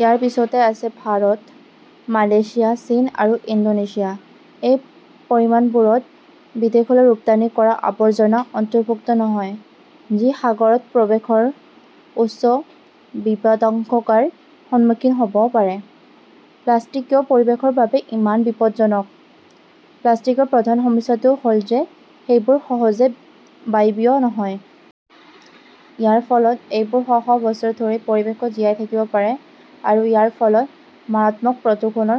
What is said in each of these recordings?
ইয়াৰ পিছতে আছে ভাৰত, মালয়েছিয়া, চীন আৰু ইণ্ডোনেছিয়া। এই পৰিমাণবোৰত বিদেশলৈ ৰপ্তানি কৰা আৱৰ্জনা অন্তৰ্ভুক্ত নহয়, যি সাগৰত প্ৰৱেশৰ উচ্চ বিপদাশংকাৰ সন্মুখীন হ 'ব পাৰে। প্লাষ্টিক কিয় পৰিৱেশৰ বাবে ইমান বিপদজনক? প্লাষ্টিকৰ প্ৰধান সমস্যাটো হ'ল যে সেইবোৰ সহজে বায়বীয় নহয়। ইয়াৰ ফলত এইবোৰ শ শ বছৰ ধৰি পৰিৱেশত জীয়াই থাকিব পাৰে আৰু ইয়াৰ ফলত মাৰাত্মক প্ৰদূষণৰ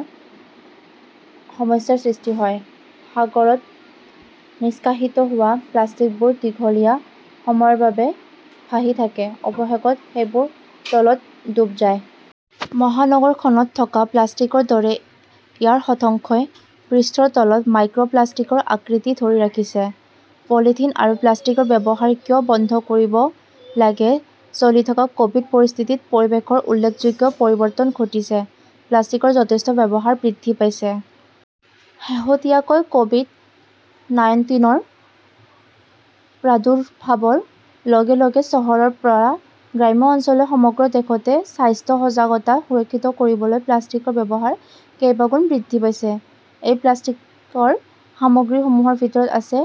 সমস্যাৰ সৃষ্টি হয়। সাগৰত নিষ্কাশিত হোৱা প্লাষ্টিকবোৰ দীঘলীয়া সময়ৰ বাবে ভাহি থাকে। অৱশেষত সেইবোৰ তলত ডুব যায়। মহানগৰখনত থকা প্লাষ্টিকৰ দৰে ইয়াৰ শতাংশই পৃষ্ঠৰ তলত মাইক্ৰ'প্লাষ্টিকৰ আকৃতি ধৰি ৰাখিছে। পলিথিন আৰু প্লাষ্টিকৰ ব্যৱহাৰ কিয় বন্ধ কৰিব লাগে চলি থকা ক'ভিড পৰিস্থিতিত পৰিৱেশৰ উল্লেখযোগ্য পৰিৱৰ্তন ঘটিছে। প্লাষ্টিকৰ যথেষ্ট ব্যৱহাৰ বৃদ্ধি পাইছে। শেহতীয়াকৈ ক'ভিড-নাইন্তিনৰ প্ৰাদুৰ্ভাৱৰ লগে লগে চহৰৰ পৰা গ্ৰাম্য অঞ্চললৈ সমগ্ৰ দেশতে স্বাস্থ্য সজাগতা সুৰক্ষিত কৰিবলৈ প্লাষ্টিকৰ ব্যৱহাৰ কেইবাগুণ বৃদ্ধি পাইছে। এই প্লাষ্টিকৰ সামগ্ৰীসমূহৰ ভিতৰত আছে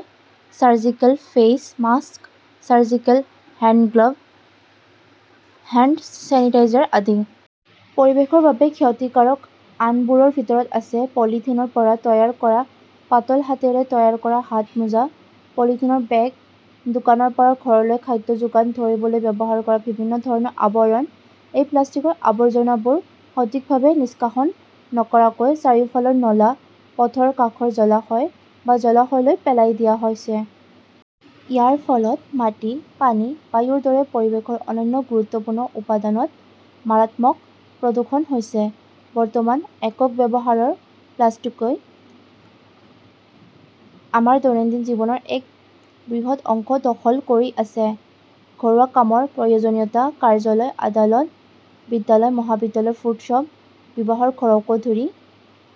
surgical face mask, surgical hand glove, hand sanitiser আদি। পৰিৱেশৰ বাবে ক্ষতিকাৰক আনবোৰৰ ভিতৰত আছে পলিথিনৰ পৰা তৈয়াৰ কৰা পাতল হাতেৰে তৈয়াৰ কৰা হাতমোজা, পলিথিনৰ বেগ, দোকানৰ পৰা ঘৰলৈ খাদ্য যোগান ধৰিবলৈ ব্যৱহাৰ কৰা বিভিন্ন ধৰণৰ আৱৰণ। এই প্লাষ্টিকৰ আৱৰ্জনাবোৰ সঠিকভাৱে নিষ্কাশন নকৰাকৈ চাৰিওফালৰ নলা, পথৰ কাষৰ জলাশয় বা জলাশয়লৈ পেলাই দিয়া হৈছে। ইয়াৰ ফলত মাটি, পানী, বায়ুৰ দৰে পৰিৱেশৰ অন্যান্য গুৰুত্বপূৰ্ণ উপাদানত মাৰাত্মক প্ৰদূষণ হৈছে। বৰ্তমান, একক ব্যৱহাৰৰ প্লাষ্টিকই আমাৰ দৈনন্দিন জীৱনৰ এক বৃহৎ অংশ দখল কৰি আছে। ঘৰুৱা কামৰ প্ৰয়োজনীয়তা, কাৰ্যালয়, আদালত, বিদ্যালয়, মহাবিদ্যালয়ৰ ফুডশ্বপ, বিবাহৰ ঘৰকে ধৰি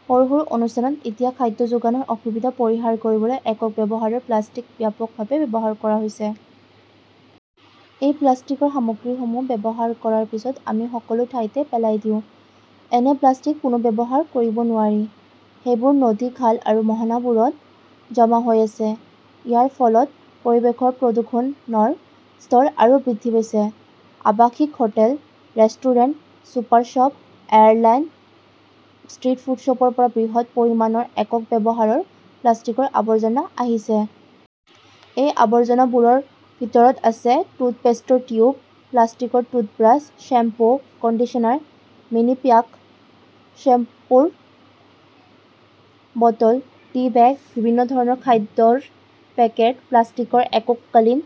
সৰু- সৰু অনুষ্ঠানত এতিয়া খাদ্য যোগানৰ অসুবিধা পৰিহাৰ কৰিবলৈ একক ব্যৱহাৰৰ প্লাষ্টিক ব্যাপকভাৱে ব্যৱহাৰ কৰা হৈছে। এই প্লাষ্টিকৰ সামগ্ৰীসমূহ ব্যৱহাৰ কৰাৰ পিছত আমি সকলো ঠাইতে পেলাই দিওঁ। এনে প্লাষ্টিক পুনৰ্ব্যৱহাৰ কৰিব নোৱাৰি। সেইবোৰ নদী, খাল আৰু মোহনাবোৰত জমা হৈ আছে। ইয়াৰ ফলত পৰিৱেশৰ প্ৰদূষণৰ স্তৰ আৰু বৃদ্ধি পাইছে। আৱাসিক hotel, restaurant, super shop, airline, street ফুডশ্বপৰ পৰা বৃহৎ পৰিমাণৰ একক ব্যৱহাৰৰ প্লাষ্টিকৰ আৱৰ্জনা আহিছে। এই আৱৰ্জনাবোৰৰ ভিতৰত আছে টুথপেষ্টৰ টিউব, প্লাষ্টিকৰ টুথব্ৰাছ, শ্বেম্পো-কণ্ডিছনাৰ মিনিপ্যাক, শ্বেম্পোৰ বটল, টি-বেগ, বিভিন্ন ধৰণৰ খাদ্যৰ পেকেট, প্লাষ্টিকৰ এককালীন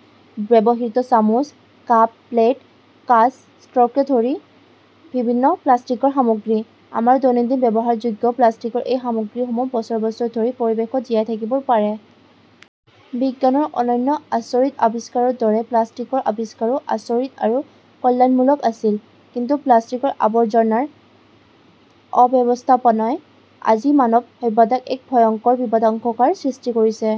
ব্যৱহৃত চামুচ, কাপ, প্লেট, কাঁচ, ষ্ট্ৰ'ৰকে ধৰি বিভিন্ন প্লাষ্টিকৰ সামগ্ৰী। আমাৰ দৈনন্দিন ব্যৱহাৰযোগ্য প্লাষ্টিকৰ এই সামগ্ৰীসমূহ বছৰ বছৰ ধৰি পৰিৱেশত জীয়াই থাকিব পাৰে। বিজ্ঞানৰ অন্যান্য আচৰিত আৱিষ্কাৰৰ দৰে প্লাষ্টিকৰ আৱিষ্কাৰো আচৰিত আৰু কল্যাণমূলক আছিল। কিন্তু প্লাষ্টিকৰ আৱৰ্জনাৰ অব্যৱস্থাপনাই আজি মানৱ সভ্যতাক এক ভয়ংকৰ বিপদাশংকাৰ সন্মুখীন কৰিছে।